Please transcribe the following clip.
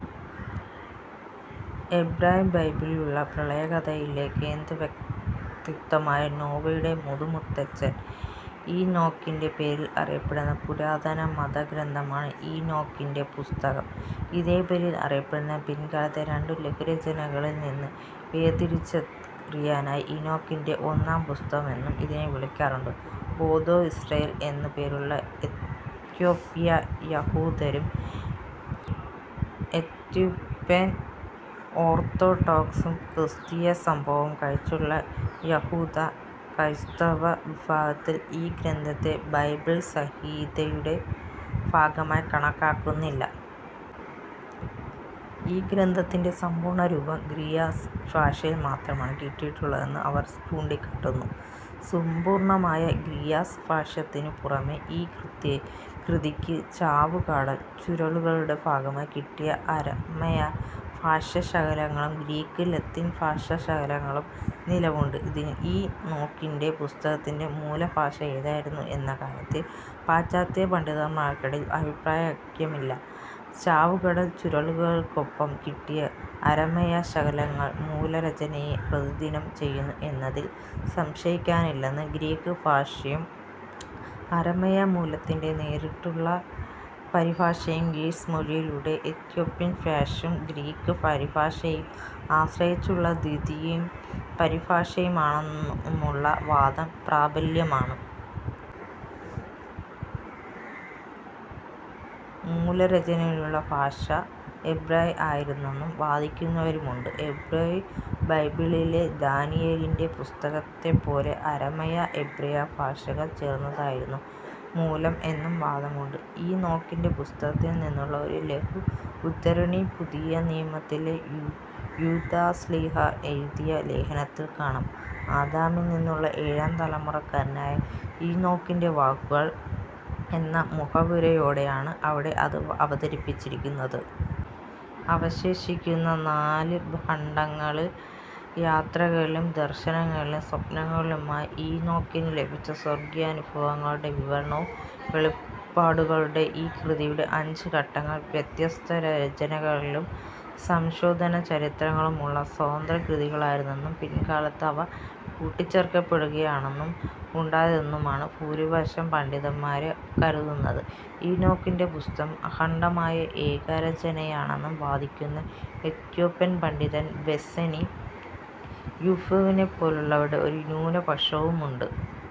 എബ്രായബൈബിളിലുള്ള പ്രളയകഥയിലെ കേന്ദ്രവ്യക്തിത്വമായ നോഹയുടെ മുതുമുത്തച്ഛൻ ഈനോക്കിന്റെ പേരിൽ അറിയപ്പെടുന്ന പുരാതന മതഗ്രന്ഥമാണ് ഈനോക്കിന്റെ പുസ്തകം. ഇതേ പേരിൽ അറിയപ്പെടുന്ന പിൽക്കാലത്തെ രണ്ടു ലഘുരചനകളിൽ നിന്ന് വേർതിരിച്ചറിയാനായി, ഈനോക്കിന്റെ ഒന്നാം പുസ്തകം എന്നും ഇതിനെ വിളിക്കാറുണ്ട്. "ബേതാ ഇസ്രായേൽ" എന്നു പേരുള്ള എത്യോപ്പിയ യഹൂദരും, എത്യോപ്യൻ ഓർത്തഡോക്സ് ക്രിസ്തീയ സഭയും ഒഴിച്ചുള്ള യഹൂദ, ക്രൈസ്തവ വിഭാഗങ്ങൾ ഈ ഗ്രന്ഥത്തെ ബൈബിൾ സംഹിതയുടെ ഭാഗമായി കണക്കാക്കുന്നില്ല. ഈ ഗ്രന്ഥത്തിന്റെ സമ്പൂർണ്ണരൂപം ഗീയസ് ഭാഷയിൽ മാത്രമാണ് കിട്ടിയിട്ടുള്ളതെന്ന് അവർ ചൂണ്ടിക്കാട്ടുന്നു. സമ്പൂർണ്ണമായ ഗീയസ് ഭാഷ്യത്തിനു പുറമേ ഈ കൃതിയ്ക്ക് ചാവുകടൽ ചുരുളുകളുടെ ഭാഗമായി കിട്ടിയ അരമായ ഭാഷ്യശകലങ്ങളും ഗ്രീക്ക്, ലത്തീൻ ഭാഷാശകലങ്ങളും നിലവിലുണ്ട്. ഈനോക്കിന്റെ പുസ്തകത്തിന്റെ മൂലഭാഷ ഏതായിരുന്നു എന്ന കാര്യത്തിൽ പാശ്ചാത്യപണ്ഡിതന്മാർക്കിടയിൽ അഭിപ്രായൈക്യമില്ല: ചാവുകടൽ ചുരുളുകൾക്കൊപ്പം കിട്ടിയ അരമായ ശകലങ്ങൾ മൂലരചനയെ പ്രതിനിധാനം ചെയ്യുന്നു എന്നതിൽ സംശയിക്കാനില്ലെന്നും ഗ്രീക്ക് ഭാഷ്യം അരമായ മൂലത്തിന്റെ നേരിട്ടുള്ള പരിഭാഷയും ഗീയസ് മൊഴിയിലുള്ള എത്യോപ്യൻ ഭാഷ്യം ഗ്രീക്ക് പരിഭാഷയെ ആശ്രയിച്ചുള്ള ദ്വിതീയ പരിഭാഷയും ആണെന്നുമുള്ള വാദം പ്രബലമാണ്. മൂലരചനയുടെ ഭാഷ എബ്രായ ആയിരുന്നെന്നു വാദിക്കുന്നവരുമുണ്ട്. എബ്രായ ബൈബിളിലെ ദാനിയേലിന്റെ പുസ്തകത്തെപ്പോലെ അരമായ, എബ്രായ ഭാഷകൾ ചേർന്നതായിരുന്നു മൂലം എന്നും വാദമുണ്ട്. ഈനോക്കിന്റെ പുസ്തകത്തിൽ നിന്നുള്ള ഒരു ലഘു ഉദ്ധരണി പുതിയനിയമത്തിലെ യൂദാ ശ്ലീഹാ എഴുതിയ ലേഖനത്തിൽ കാണാം. "ആദാമിൽ നിന്നുള്ള ഏഴാം തലമുറക്കാരനായ ഈനോക്കിന്റെ വാക്കുകൾ" എന്ന മുഖവുരയോടെയാണ് അവിടെ അത് അവതരിപ്പിച്ചിരിക്കുന്നത്. അവശേഷിക്കുന്ന നാലു ഖണ്ഡങ്ങൾ യാത്രകളിലും, ദർശനങ്ങളിലും, സ്വപ്നങ്ങളിലുമായി ഈനോക്കിനു ലഭിച്ച സ്വർഗ്ഗീയാനുഭവങ്ങളുടെ വിവരണവും വെളിപാടുകളുമാണ്. ഈ കൃതിയുടെ അഞ്ചു ഖണ്ഡങ്ങൾ വ്യത്യസ്തരചനാകാലങ്ങളും സംശോധനാചരിത്രങ്ങളുമുള്ള സ്വതന്ത്രകൃതികളായിരുന്നെന്നും പിൽക്കാലത്ത് അവ കൂട്ടിച്ചേർക്കപ്പെടുകയാണ് ഉണ്ടായതെന്നുമാണ് ഭൂരിപക്ഷം പണ്ഡിതന്മാരും കരുതുന്നത്. ഈനോക്കിന്റെ പുസ്തകം അഖണ്ഡമായ ഏകരചനയാണെന്നു വാദിക്കുന്ന എത്യോപ്യൻ പണ്ഡിതൻ വോസെനി യിഫ്രുവിനെപ്പോലുള്ളവരുടെ ഒരു ന്യൂനപക്ഷവുമുണ്ട്.